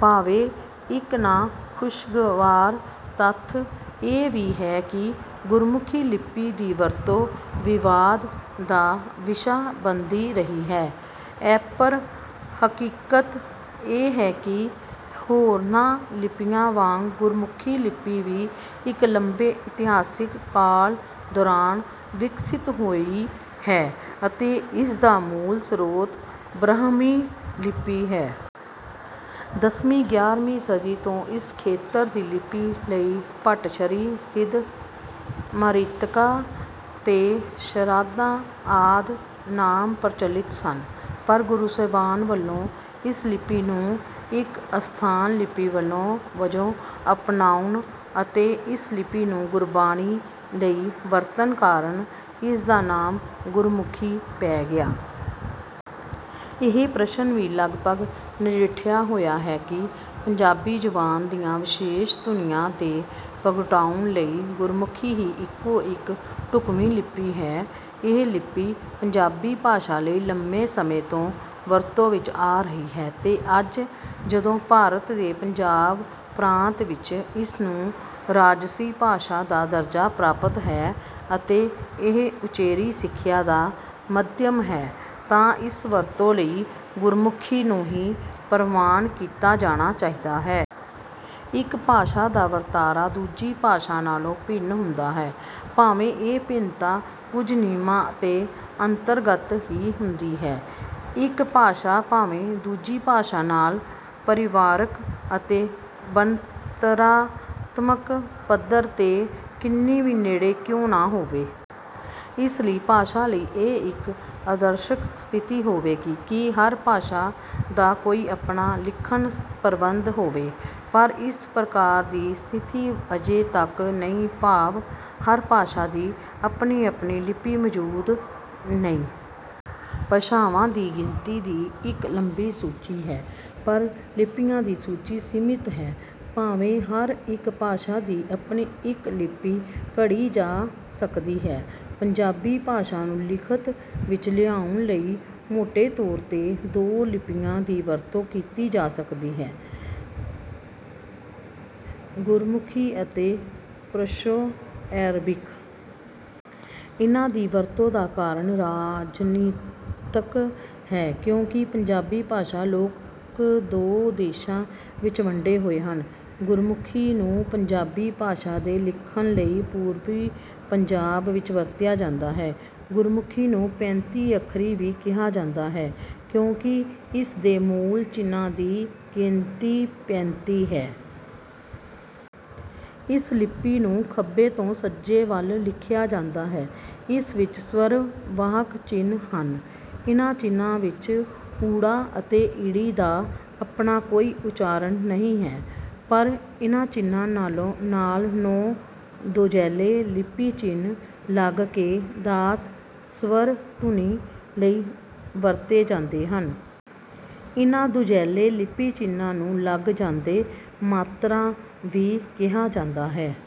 ਭਾਵੇਂ ਇੱਕ ਨਾ-ਖ਼ੁਸ਼ਗਵਾਰ ਤੱਥ ਇਹ ਵੀ ਹੈ ਕਿ ਗੁਰਮੁਖੀ ਲਿਪੀ ਦੀ ਵਰਤੋਂ ਵਿਵਾਦ ਦਾ ਵਿਸ਼ਾ ਬਣਦੀ ਰਹੀ ਹੈ, ਐਪਰ ਹਕੀਕਤ ਇਹ ਹੈ ਕਿ ਹੋਰਨਾਂ ਲਿਪੀਆਂ ਵਾਂਗ ਗੁਰਮੁਖੀ ਲਿਪੀ ਵੀ ਇੱਕ ਲੰਮੇ ਇਤਿਹਾਸਿਕ ਕਾਲ ਦੌਰਾਨ ਵਿਕਸਿਤ ਹੋਈ ਹੈ, ਅਤੇ ਇਸ ਦਾ ਮੂਲ ਸਰੋਤ ਬ੍ਰਹਮੀ ਲਿਪੀ ਹੈ। ਦਸਵੀਂ- ਗਿਆਰਵੀਂ ਸਦੀ ਤੋਂ ਇਸ ਖੇਤਰ ਦੀ ਲਿਪੀ ਲਈ ਭੱਟਛਰੀ, ਸਿੱਧ ਮਾਤ੍ਰਿਕਾ ਤੇ ਸ਼ਾਰਦਾ ਆਦਿ ਨਾਮ ਪ੍ਰਚਲਿਤ ਸਨ, ਪਰ ਗੁਰੂ ਸਾਹਿਬਾਨ ਵੱਲੋਂ ਇਸ ਲਿਪੀ ਨੂੰ ਇੱਕ ਸਥਾਨਕ ਲਿਪੀ ਵਜੋਂ ਅਪਣਾਉਣ ਅਤੇ ਇਸ ਲਿਪੀ ਨੂੰ ਗੁਰਬਾਣੀ ਲਈ ਵਰਤਣ ਕਾਰਨ, ਇਸ ਦਾ ਨਾਮ ਗੁਰਮੁਖੀ ਪੈ ਗਿਆ। ਇਹ ਪ੍ਰਸ਼ਨ ਵੀ ਲਗਪਗ ਨਜਿੱਠਿਆ ਹੋਇਆ ਹੈ ਕਿ ਪੰਜਾਬੀ ਜ਼ੁਬਾਨ ਦੀਆਂ ਵਿਸ਼ੇਸ਼ ਧੁਨੀਆਂ ਦੇ ਪ੍ਰਗਟਾਉਣ ਲਈ ਗੁਰਮੁਖੀ ਹੀ ਇੱਕੋ-ਇੱਕ ਢੁੱਕਵੀਂ ਲਿਪੀ ਹੈ। ਇਹ ਲਿਪੀ ਪੰਜਾਬੀ ਭਾਸ਼ਾ ਲਈ ਲੰਮੇ ਸਮੇਂ ਤੋਂ ਵਰਤੋਂ ਵਿੱਚ ਆ ਰਹੀ ਹੈ ਤੇ ਅੱਜ ਜਦੋਂ ਭਾਰਤ ਦੇ ਪੰਜਾਬ ਪ੍ਰਾਂਤ ਵਿੱਚ ਇਸ ਨੂੰ ਰਾਜਸੀ ਭਾਸ਼ਾ ਦਾ ਦਰਜਾ ਪ੍ਰਾਪਤ ਹੈ ਅਤੇ ਇਹ ਉਚੇਰੀ ਸਿੱਖਿਆ ਦਾ ਮਾਧਿਅਮ ਹੈ ਤਾਂ ਇਸ ਵਰਤੋਂ ਲਈ ਗੁਰਮੁਖੀ ਨੂੰ ਹੀ ਪ੍ਰਵਾਨ ਕੀਤਾ ਜਾਣਾ ਚਾਹੀਦਾ ਹੈ। ਇੱਕ ਭਾਸ਼ਾ ਦਾ ਵਰਤਾਰਾ ਦੂਜੀ ਭਾਸ਼ਾ ਨਾਲੋਂ ਭਿੰਨ ਹੁੰਦਾ ਹੈ। ਭਾਵੇਂ ਇਹ ਭਿੰਨਤਾ ਕੁਝ ਨਿਯਮਾਂ ਦੇ ਅੰਤਰਗਤ ਹੀ ਹੁੰਦੀ ਹੈ, ਇੱਕ ਭਾਸ਼ਾ ਭਾਵੇਂ ਦੂਜੀ ਭਾਸ਼ਾ ਨਾਲ ਪਰਿਵਾਰਕ ਅਤੇ ਬਣਤਰਾਤਮਕ ਪੱਧਰ 'ਤੇ ਕਿੰਨੀ ਵੀ ਨੇੜੇ ਕਿਉਂ ਨਾ ਹੋਵੇ। ਇਸ ਲਈ ਭਾਸ਼ਾ ਲਈ ਇਹ ਇੱਕ ਆਦਰਸ਼ਕ ਸਥਿਤੀ ਹੋਵੇਗੀ ਕਿ ਹਰ ਭਾਸ਼ਾ ਦਾ ਕੋਈ ਆਪਣਾ ਲਿਖਣ-ਪ੍ਰਬੰਧ ਹੋਵੇ, ਪਰ ਇਸ ਪ੍ਰਕਾਰ ਦੀ ਸਥਿਤੀ ਅਜੇ ਤੱਕ ਨਹੀਂ, ਭਾਵ, ਹਰ ਭਾਸ਼ਾ ਦੀ ਆਪਣੀ-ਆਪਣੀ ਲਿਪੀ ਮੌਜੂਦ ਨਹੀਂ। ਭਾਸ਼ਾਵਾਂ ਦੀ ਗਿਣਤੀ ਦੀ ਇੱਕ ਲੰਬੀ ਸੂਚੀ ਹੈ, ਪਰ ਲਿਪੀਆਂ ਦੀ ਸੂਚੀ ਸੀਮਤ ਹੈ। ਭਾਵੇਂ ਹਰ ਇੱਕ ਭਾਸ਼ਾ ਦੀ ਆਪਣੀ ਇੱਕ ਲਿਪੀ ਘੜੀ ਜਾ ਸਕਦੀ ਹੈ। ਪੰਜਾਬੀ ਭਾਸ਼ਾ ਨੂੰ ਲਿਖਤ ਵਿੱਚ ਲਿਆਉਣ ਲਈ ਮੋਟੇ ਤੌਰ 'ਤੇ ਦੋ ਲਿਪੀਆਂ ਦੀ ਵਰਤੋਂ ਕੀਤੀ ਜਾਂਦੀ ਹੈ: ਗੁਰਮੁਖੀ ਅਤੇ ਪਰਸ਼ੋ-ਅਰੈਬਿਕ। ਇਨ੍ਹਾਂ ਦੀ ਵਰਤੋਂ ਦਾ ਕਾਰਨ ਰਾਜਨੀਤਕ ਹੈ, ਕਿਉਂਕਿ ਪੰਜਾਬੀ ਭਾਸ਼ੀ ਲੋਕ ਦੋ ਦੇਸ਼ਾਂ ਵਿੱਚ ਵੰਡੇ ਹੋਏ ਹਨ। ਗੁਰਮੁਖੀ ਨੂੰ ਪੰਜਾਬੀ ਭਾਸ਼ਾ ਦੇ ਲਿਖਣ ਲਈ ਪੂਰਬੀ ਪੰਜਾਬ ਵਿੱਚ ਵਰਤਿਆ ਜਾਂਦਾ ਹੈ। ਗੁਰਮੁਖੀ ਨੂੰ ਪੈਂਤੀ ਅੱਖਰੀ ਵੀ ਕਿਹਾ ਜਾਂਦਾ ਹੈ, ਕਿਉਂਕਿ ਇਸ ਦੇ ਮੂਲ ਚਿੰਨ੍ਹਾਂ ਦੀ ਗਿਣਤੀ ਪੈਂਤੀ ਹੈ। ਇਸ ਲਿਪੀ ਨੂੰ ਖੱਬੇ ਤੋਂ ਸੱਜੇ ਵੱਲ ਲਿਖਿਆ ਜਾਂਦਾ ਹੈ। ਇਸ ਵਿੱਚ ਸ੍ਵਰ-ਵਾਹਕ ਚਿੰਨ੍ਹ ਹਨ। ਇਨ੍ਹਾਂ ਚਿੰਨ੍ਹਾਂ ਵਿੱਚ 'ੳ' ਅਤੇ 'ੲ' ਦਾ ਆਪਣਾ ਕੋਈ ਉਚਾਰਨ ਨਹੀਂ ਹੈ, ਪਰ ਇਨ੍ਹਾਂ ਚਿੰਨ੍ਹਾਂ ਨਾਲ ਨੌਂ ਦੂਜੈਲੇ ਲਿਪੀ ਚਿੰਨ੍ਹ ਲੱਗ ਕੇ ਦਾਸ ਸ੍ਵਰ ਧੁਨੀਆਂ ਲਈ ਵਰਤੇ ਜਾਂਦੇ ਹਨ। ਇਨ੍ਹਾਂ ਦੂਜੈਲੇ ਲਿਪੀ ਚਿੰਨ੍ਹਾਂ ਨੂੰ ਲਗ ਜਾਂ ਮਾਤਰਾ ਵੀ ਕਿਹਾ ਜਾਂਦਾ ਹੈ।